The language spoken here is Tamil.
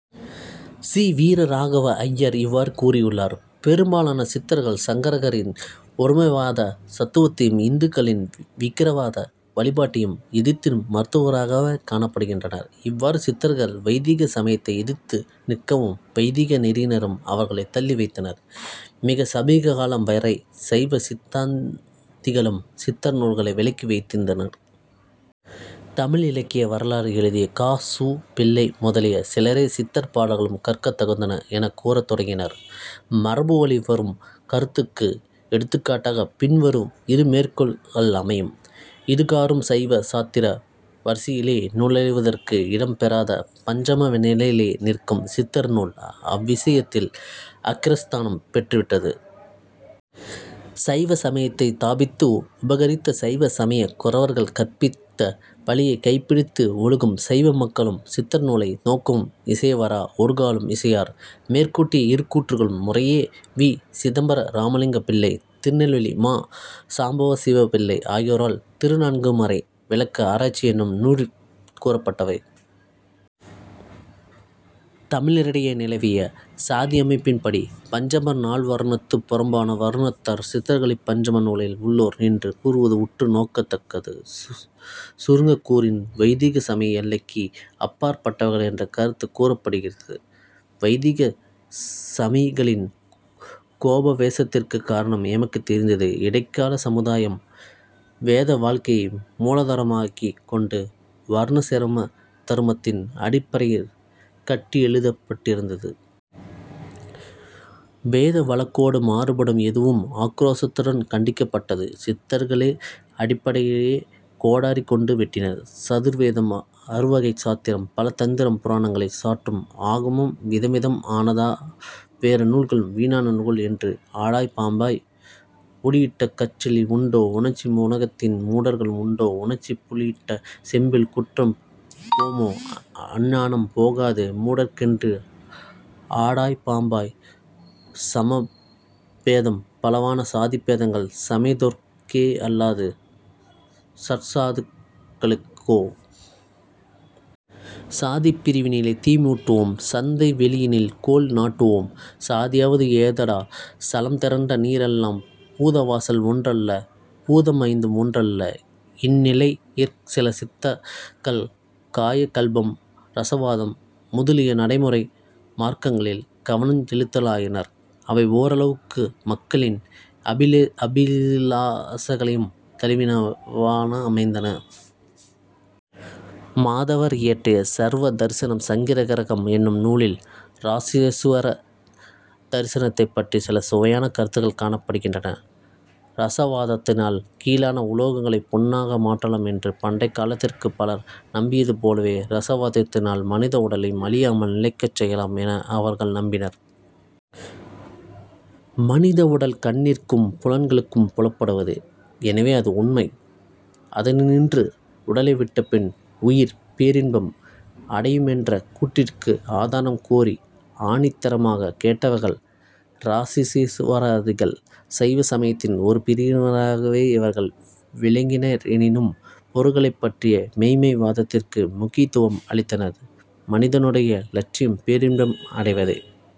சி. வீரராகவ ஐயர் இவ்வாறு கூறியுள்ளார்: "பெரும்பாலான சித்தர்கள் சங்கரரின் ஒருமைவாதத் தத்துவத்தையும் இந்துக்களின் விக்கிரக வழிபாட்டையும் எதிர்த்து மறுத்தவராகவே காணப்படுகின்றனர். " இவ்வாறு சித்தர்கள் வைதிக சமயத்தை எதிர்த்து நிற்கவும், வைதிக நெறியினரும் அவர்களைத் தள்ளி வைத்தனர். மிகச் சமீபகாலம் வரை சைவ சித்தாந்திகளும் சித்தர் நூல்களை விலக்கி வைத்திருந்தனர். தமிழ் இலக்கிய வரலாறு எழுதிய கா. சு. பிள்ளை முதலிய சிலரே சித்தர் பாடல்களும் கற்கத் தகுந்தன எனக் கூறத் தொடங்கினர். மரபு வழி வரும் கருத்துக்கு எடுத்துக்காட்டாகப் பின்வரும் இரு மேற்கோள்கள் அமையும். "இதுகாறும் சைவ சாத்திர வரிசையிலே நுழைவதற்கு இடம் பெறாத பஞ்சம நிலையிலே நிற்கும் சித்தர் நூல் அவ்வியாசத்தில் அக்கிரஸ்தானம் பெற்றுவிட்டது. "சைவ சமயத்தைத் தாபித்து உபகரித்த சைவ சமய குரவர்கள் கற்பித்த வழியைக் கைப்பிடித்து ஒழுகும் சைவ மக்களும் சித்தர் நூலை நோக்கவும் இசைவாரா? ஒருகாலும் இசையார். " மேற்கூட்டிய இரு கூற்றுக்களும் முறையே வி. சிதம்பர ராமலிங்கம் பிள்ளை, திருநெல்வேலி மா. சாம்பசிவ பிள்ளை ஆகியோரால் திருநான்மறை விளக்க ஆராய்ச்சி என்னும் நூலிற் கூறப்பட்டவை. தமிழரிடையே நிலவிய சாதியமைப்பின்படி, பஞ்சமர் நால் வருணத்துக்குப் புறம்பான வருணத்தார்; சித்தர்களைப் பஞ்சம நிலையில் உள்ளோர் என்று கூறுவது உற்று நோக்கத்தக்கது. சுருங்கக் கூறின், வைதிக சமய எல்லைக்கு அப்பாற்பட்டவர்கள் என்ற கருத்துக் கூறப்படுகிறது. வைதிக சமயிகளின் கோபாவேசத்திற்குக் காரணம் எமக்குத் தெரிந்ததே. இடைக்காலச் சமுதாயம் வேத வாழ்க்கையை மூலாதாரமாய்க் கொண்டு வருணாசிரம தருமத்தின் அடிப்படையிற் கட்டியெழுதப்பட்டிருந்தது. வேத வழக்கொடு மாறுபடும் எதுவும் ஆக்குரோசத்துடன்கண்டிக்கப்பட்டது. சித்தர்களோ அடிப்படையையே கோடரி கொண்டு வெட்டினர். "சதுர் வேதம் அறுவகைச் சாத்திரம் பல தந்திரம் புராணங்களைச் சாற்றும் ஆகமம் விதம் விதம் ஆனதான வேறு நூல்களும் வீணான நூல்கள் என்று ஆடாய் பாம்பே! " 'உளியிட்ட கற்சிலையில் உண்டோ உணர்ச்சி உலகத்தின் மூடர்களுக்கு உண்டோ உணர்ச்சி புளியிட்ட செம்பில் குற்றம் போமோ அஞ்ஞானம் போகாது மூடர்க்கென்று ஆடாய் பாம்பே" "சமய பேதம் பலவான சாதி பேதங்கள் சமயத்தோர்க் கேயல்லாது சற்சாதுக் களுக்கோ? " "சாதிப் பிரிவினிலே தீமூட்டுவோம் சந்தை வௌியினில் கோல் நாட்டுவோம்" "சாதியாவது ஏதடா? சலம் திரண்ட நீரெல்லாம் பூத வாசல் ஒன்றலோ? பூதம் ஐந்தும் ஒன்றலோ? " இந்நிலையிற் சில சித்தர்கள் காயகல்பம், இரசவாதம், முதுலிய நடைமுறை மார்க்கங்களில் கவனஞ் செலுத்தலாயினர். அவை ஓரளவுக்கு மக்களின் அபிலாஷைகளையும் தழுவியனவா யமைந்தன. மாதவர் இயற்றிய 'சர்வ தரிசன சங்கிரகம்' என்னும் நூலில் இராசேசுவர தரிசனத்தைப் பற்றிச் சில சுவையான கருத்துக்கள் காணப்படுகின்றன. இரசாவாதத்தினால் கீழான உலோகங்களைப் பொன்னாக மாற்றலாம் என்று பண்டைக் காலத்திற் பலர் நம்பியது போலவே இரசவாதத்தினால் மனித உடலையும் அழியாமல் நிலைக்கச் செய்யலாம் என அவர்கள் நம்பினர். மனித உடல் கண்ணிற்கும், புலன்களுக்கும் புலப்படுவது; எனவே அது உண்மை. அதன்றி, உடலை விட்டபின் உயிர் பேரின்பம் அடையுமென்ற கூற்றிற்கு ஆதாரம் கோரி ஆணித்திரமாகக் கேட்டவர்கள் இராசேசுவரவாதிகள்; சைவ சமயத்தின் ஒரு பிரிவினராகவே இவர்கள் விளங்கினரெனினும் பொருள்களைப் பற்றிய மெய்ம்மை வாதத்திற்கு முக்கியத்துவம் அளித்தனர். "மனிதனுடைய இலட்சியம் பேரின்பம் அடைவதே.